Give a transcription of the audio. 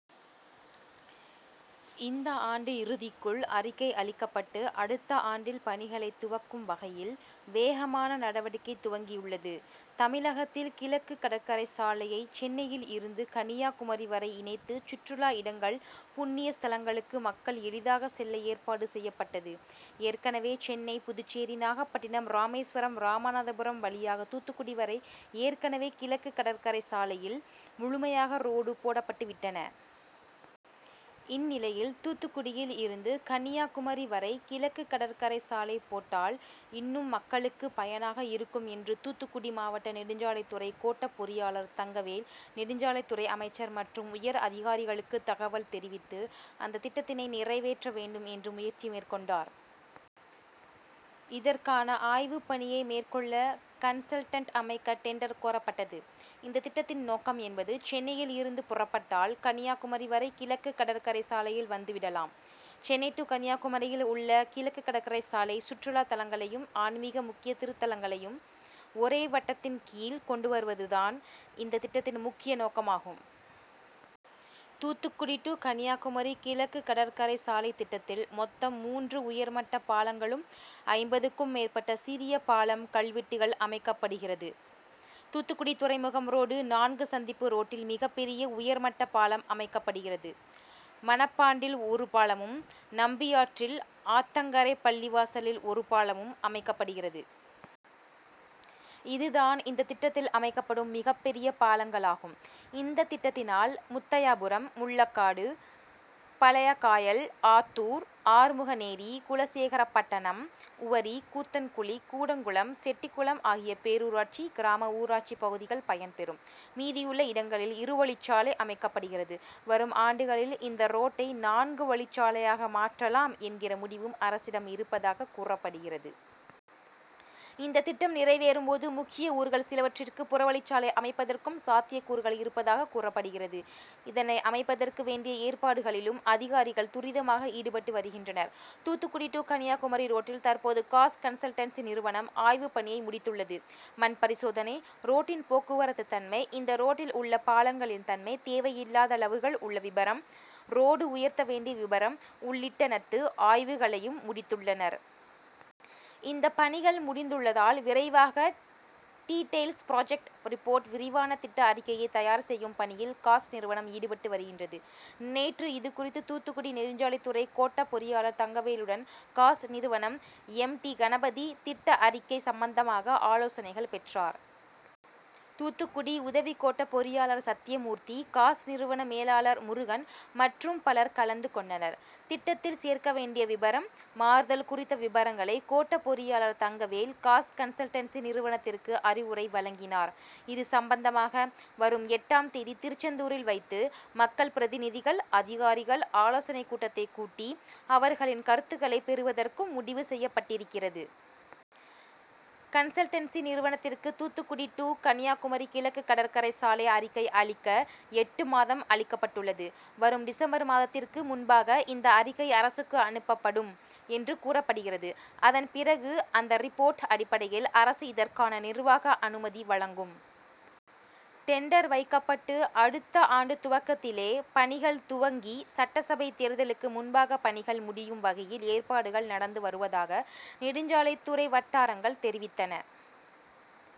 இந்த ஆண்டு இறுதிக்குள் அறிக்கை அளிக்கப்பட்டு அடுத்த ஆண்டில் பணிகளை துவக்கும் வகையில் வேகமான நடவடிக்கை துவங்கியுள்ளது. தமிழகத்தில் கிழக்கு கடற்கரை சாலையை சென்னையில் இருந்து கன்னியாகுமரி வரை இணைத்து சுற்றுலா இடங்கள், புண்ணிய ஸ்தலங்களுக்கு மக்கள் எளிதாக செல்ல ஏற்பாடு செய்யப்பட்டது. ஏற்கனவே சென்னை, புதுச்சேரி, நாகப்பட்டினம், ராமேஸ்வரம், ராமநாதபுரம் வழியாக தூத்துக்குடி வரை ஏற்கனவே கிழக்கு கடற்கரை சாலையில் முழுமையாக ரோடு போடப்பட்டு விட்டன. இந் நிலையில் தூத்துக்குடியில் இருந்து கன்னியாகுமரி வரை கிழக்குகடற்கரை சாலை போட்டால் இன்னும் மக்களுக்கு பயனாக இருக்கும் என்று தூத்துக்குடி மாவட்ட நெடுஞ்சாலைத்துறை கோட்ட பொறியாளர் தங்கவேல், நெடுஞ்சாலைத்துறை அமைச்சர் மற்றும் உயர் அதிகாரிகளுக்கு தகவல் தெரிவித்து, அந்த திட்டத்தினை நிறைவேற்ற வேண்டும் என்று முயற்சி மேற்கொண்டார். இதற்கான ஆய்வுப் பணியை மேற்கொள்ள கன்சல்டன்ட் அமைக்க டெண்டர் கோரப்பட்டது. இந்த திட்டத்தின் நோக்கம் என்பது சென்னையில் இருந்து புறப்பட்டால் கன்னியாகுமரி வரை கிழக்கு கடற்கரை சாலையில் வந்து விடலாம். சென்னை டூ கன்னியாகுமரியில் உள்ள கிழக்கு கடற்கரை சாலை சுற்றுலா தலங்களையும், ஆன்மிக முக்கிய திருத்தலங்களையும் ஒரே வட்டத்தின் கீழ் கொண்டுவருவது தான் இந்த திட்டத்தின் முக்கிய நோக்கமாகும். தூத்துக்குடி டூ கன்னியாகுமரி கிழக்கு கடற்கரை சாலை திட்டத்தில் மொத்தம் மூன்று உயர்மட்ட பாலங்களும், ஐம்பதுக்கும் மேற்பட்ட சிறிய பாலம், கல்வெட்டுகள் அமைக்கப்படுகிறது. தூத்துக்குடி துறைமுகம் ரோடு நான்கு சந்திப்பு ரோட்டில் மிகப் பெரிய உயர்மட்ட பாலம் அமைக்கப்படுகிறது. மணப்பாண்டில் ஒரு பாலமும், நம்பியாற்றில், ஆத்தங்கரை பள்ளிவாசலில் ஒரு பாலமும் அமைக்கப்படுகிறது. இது தான் இந்த திட்டத்தில் அமைக்கப்படும் மிகப் பெரிய பாலங்களாகும். இந்த திட்டத்தினால் முத்தையாபுரம், முள்ளக்காடு, பழையகாயல், ஆத்தூர், ஆறுமுகநேரி, குலசேகரப்பட்டணம், உவரி, கூத்தன்குளி, கூடங்குளம், செட்டிகுளம் ஆகிய பேரூராட்சி, கிராம ஊராட்சி பகுதிகள் பயன் பெறும். மீதியுள்ள இடங்களில் இருவழிச்சாலை அமைக்கப்படுகிறது. வரும் ஆண்டுகளில் இந்த ரோட்டை நான்கு வழிச்சாலையாக மாற்றலாம் என்கிற முடிவும் அரசிடம் இருப்பதாக கூறப்படுகிறது. இந்த திட்டம் நிறைவேறும் போது முக்கிய ஊர்கள் சிலவற்றிற்கு புறவழிச்சாலை அமைப்பதற்கும் சாத்தியக்கூறுகள் இருப்பதாக கூறப்படுகிறது. இதனை அமைப்பதற்கு வேண்டிய ஏற்பாடுகளிலும் அதிகாரிகள் துரிதமாக ஈடுபட்டு வருகின்றனர். தூத்துக்குடி டூ கன்னியாகுமரி ரோட்டில் தற்போது காஸ் கன்சல்டன்சி நிறுவனம் ஆய்வு பணியை முடித்துள்ளது. மண்பரிசோதனை, ரோட்டின் போக்குவரத்து தன்மை, இந்த ரோட்டில் உள்ள பாலங்களின் தன்மை, தேவையில்லாத ளவுகள் உள்ள விபரம், ரோடு உயர்த்த வேண்டிய விபரம் உள்ளிட்ட னத்து ஆய்வுகளையும் முடி த் துள்ளனர். இந்த பணிகள் முடிந்துள்ளதால் விரைவாக டீடெய்ல்ஸ் புராஜெக்ட் ரிப்போர்ட் விரிவான திட்ட அறிக்கையை தயார் செய்யும் பணியில் காஸ் நிறுவனம் ஈடுபட்டு வருகின்றது. நேற்று இது குறித்து தூத்துக்குடி நெடுஞ்சாலைத்துறை கோட்ட பொறியாளர் தங்கவேலுடன் காஸ் நிறுவன எம். டி கணபதி திட்ட அறிக்கை சம்பந்தமாக ஆலோசனைகள் பெற்றார். தூத்துக்குடி உத வி கோட்ட பொறியாளர் சத்தியமூர்த்தி, காஸ் நிறுவன மேலாளர் முருகன் மற்றும் பலர் கலந்து கொண்டனர். திட்டத்தில் சேர்க்க வேண்டிய விபரம், மாறுதல் குறி த்த விபரங்களை கோட்ட பொறியாளர் தங்கவேல் காஸ் கன்சல்டன்சி நிறுவனத்திற்கு அறிவுரை வழங்கினார். இது சம்பந்தமாக வரும் எட்டாம் தேதி திருச்செந்தூரில் வைத்து மக்கள் பிரதிநிதிகள், அதிகாரிகள் ஆலோசனைக் கூட்டத்தை கூட்டி அவர்களின் கருத்துக்களை பெறுவதற்கும் முடிவு செய்யப்பட்டிருக்கிறது. கன்சல்டன்சி நிறுவனத்திற்கு தூத்துக்குடி டூ கன்னியாகுமரி கிழக்கு கடற்கரை சாலை அறிக்கை அளிக்க எட்டு மாதம் அளிக்கப்பட்டுள்ளது. வரும் டிசம்பர் மாதத்திற்கு முன்பாக இந்த அறி க்கை அரசுக்கு அனுப்பப்படும் என்று கூறப்படுகிறது. அத ன் பிறகு அந்த ரிப்போர்ட் அடிப்படையில் அரசு இதற்கான நிர்வாக அனுமதி வழங்கும். டெண்டர் வைக்கப்பட்டு அடுத்த ஆண்டு துவக்கத்திலே பணிகள் துவ ங்கி சட்டசபை தேர்தலுக்கு முன்பாக பணிகள் முடியும் வகையில் ஏற்பாடுகள் நடந் து வருவதாக நெடுஞ்சாலை த்துறை வட்டாரங்கள் தெரிவித்தன.